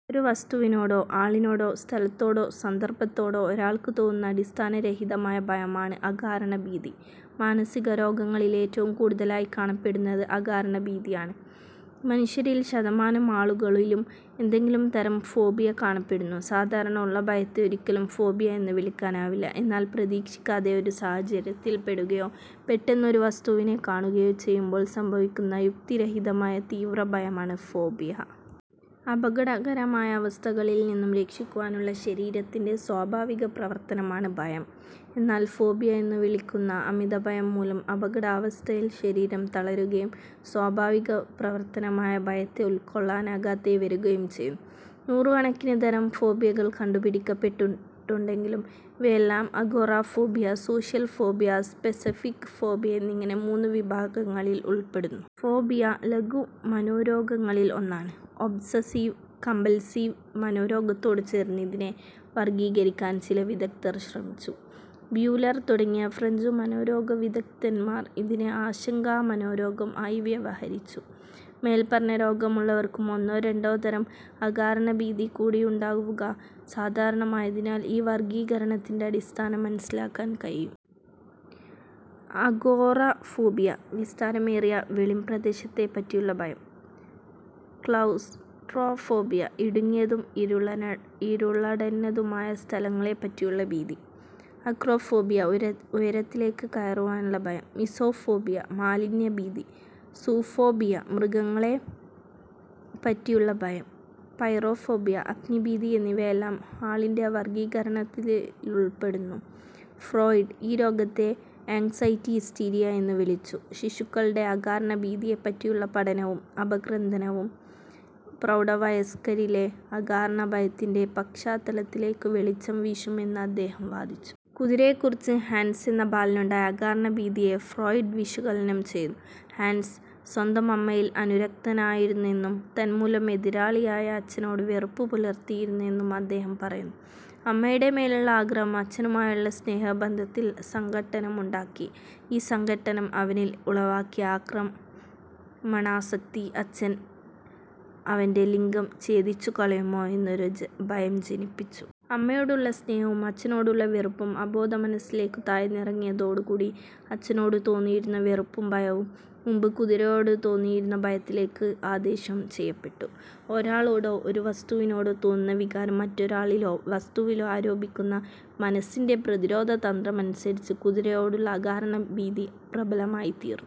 ഒരു വസ്തുവിനോടോ ആളിനോടോ സ്ഥലത്തോടോ സന്ദർഭത്തോടോ ഒരാൾക്ക് തോന്നുന്ന അടിസ്ഥാനരഹിതമായ ഭയമാണ് അകാരണഭീതി. മാനസിക രോഗങ്ങളിൽ ഏറ്റവും കൂടുതലായി കാണപ്പെടുന്നത് അകാരണഭീതിയാണ്. മനുഷ്യരിൽ ശതമാനം ആളുകളിലും എന്തെങ്കിലും തരം ഫോബിയ കാണപ്പെടുന്നു. സാധാരണ ഉള്ള ഭയത്തെ ഒരിക്കലും ഫോബിയ എന്നു വിളിക്കാനാവില്ല. എന്നാൽ പ്രതീക്ഷിക്കാതെ ഒരു സാഹചര്യത്തിൽപ്പെടുകയോ പെട്ടെന്നു് ഒരു വസ്തുവിനെ കാണുകയോ ചെയ്യുമ്പോൾ സംഭവിക്കുന്ന യുക്തിരഹിതമായ തീവ്ര ഭയമാണ് ഫോബിയ. അപകടകരമായ അവസ്ഥകളിൽ നിന്നും രക്ഷിക്കുവാനുള്ള ശരീരത്തിന്റെ സ്വാഭാവികപ്രവർത്തനമാണ് ഭയം. എന്നാൽ ഫോബിയ എന്നു വിളിക്കുന്ന അമിതഭയം മൂലം അപകടാവസ്ഥയിൽ ശരീരം തളരുകയും സ്വാഭാവികപ്രവർത്തനമായ ഭയത്തെ ഉൾക്കൊള്ളാനാകാതെ വരുകയും ചെയ്യുന്നു. നൂറുകണക്കിനു തരം ഫോബിയകൾ കണ്ടുപിടിക്കപ്പെട്ടിട്ടുണ്ടെങ്കിലും ഇവയെല്ലാം agoraphobia, social phobia, specific phobia എന്നിങ്ങനെ മൂന്നു വിഭാഗങ്ങളിൽ ഉൾപ്പെടുന്നു. ഫോബിയ ലഘുമനോരോഗങ്ങളിൽ ഒന്നാണ്. ഒബ്സസിവ് കമ്പൽസീവ് മനോരോഗത്തോടു ചേർത്ത് ഇതിനെ വർഗീകരിക്കാൻ ചില വിദഗ്ദർ ശ്രമിച്ചു. ബ്യൂലർ തുടങ്ങിയ ഫ്രഞ്ചു മനോരോഗവിദഗ്ദ്ധന്മാർ ഇതിനെ ആശങ്കാമനോരോഗം ആയി വ്യവഹരിച്ചു. മേൽപറഞ്ഞ രോഗമുള്ളവർക്കും ഒന്നോ രണ്ടോ തരം അകാരണഭീതി കൂടി ഉണ്ടാവുക സാധാരണമായതിനാൽ ഈ വർഗീകരണത്തിന്റെ അടിസ്ഥാനം മനസ്സിലാക്കാൻ കഴിയും. അഗോറഫോബിയ വിസ്താരമേറിയ വെളിംപ്രദേശത്തെപ്പറ്റിയുള്ള ഭയം, ക്ളൌസ്ട്രോഫോബിയ- ഇടുങ്ങിയതും ഇരുളടഞ്ഞതുമായ സ്ഥലങ്ങളെപ്പറ്റിയുള്ള ഭീതി, അക്രോഫോബിയ ഉയരത്തിലേക്കു കയറുവാനുള്ള ഭയം, മിസോഫോബിയ മാലിന്യഭീതി, സൂഫോബിയ മൃഗങ്ങളെപ്പറ്റിയുള്ള ഭയം, പൈറോഫോബിയ അഗ്നിഭീതി എന്നിവയെല്ലാം ഹാളിന്റെ വർഗീകരണത്തിലുൾപ്പെടുന്നു. ഫ്രോയിഡ് ഈ രോഗത്തെ ആങ്സൈറ്റി ഹിസ്റ്റീരിയ എന്നു വിളിച്ചു. ശിശുക്കളുടെ അകാരണഭീതിയെപ്പറ്റിയുള്ള പഠനവും അപഗ്രഥനവും പ്രൌഢവയസ്ക്കരിലെ അകാരണഭയത്തിന്റെ പശ്ചാത്തലത്തിലേക്കു വെളിച്ചം വീശുമെന്ന് അദ്ദേഹം വാദിച്ചു. കുതിരയെക്കുറിച്ച് ഹാൻസ് എന്ന ബാലനുണ്ടായ അകാരണഭീതിയെ ഫ്രോയിഡ് വിശകലനം ചെയ്തു. ഹാൻസ് സ്വന്തം അമ്മയിൽ അനുരക്തനായിരുന്നെന്നും തന്മൂലം എതിരാളിയായ അച്ഛനോട് വെറുപ്പു പുലർത്തിയിരുന്നെന്നും അദ്ദേഹം പറയുന്നു. അമ്മയുടെ മേലുള്ള ആഗ്രഹം അച്ഛനുമായുള്ള സ്നേഹബന്ധത്തിൽ സംഘട്ടനമുണ്ടാക്കി. ഈ സംഘട്ടനം അവനിൽ ഉളവാക്കിയ ആക്രമണാസക്തി, അച്ഛൻ അവന്റെ ലിംഗം ഛേദിച്ചുകളയുമോ എന്നൊരു ഭയം ജനിപ്പിച്ചു. അമ്മയോടുള്ള സ്നേഹവും അച്ഛനോടുള്ള വെറുപ്പും അബോധമനസ്സിലേക്കു താഴ്ന്നിറങ്ങി യതോടുകൂടി അച്ഛനോടു തോന്നിയിരുന്ന വെറുപ്പും ഭയവും മുമ്പ് കുതിരയോടുതോന്നിയിരുന്ന ഭയത്തിലേക്ക് ആദേശം ചെയ്യപ്പെട്ടു. ഒരാളോടോ, ഒരു വസ്തുവിനോടോ തോന്നുന്ന വികാരം മറ്റൊരാളിലോ വസ്തുവിലോ ആരോപിക്കുന്ന മനസ്സിന്റെ പ്രതിരോധ തന്ത്രമനുസരിച്ച് കുതിരയോടുള്ള അകാരണഭീതി പ്രബലമായിത്തീർന്നു.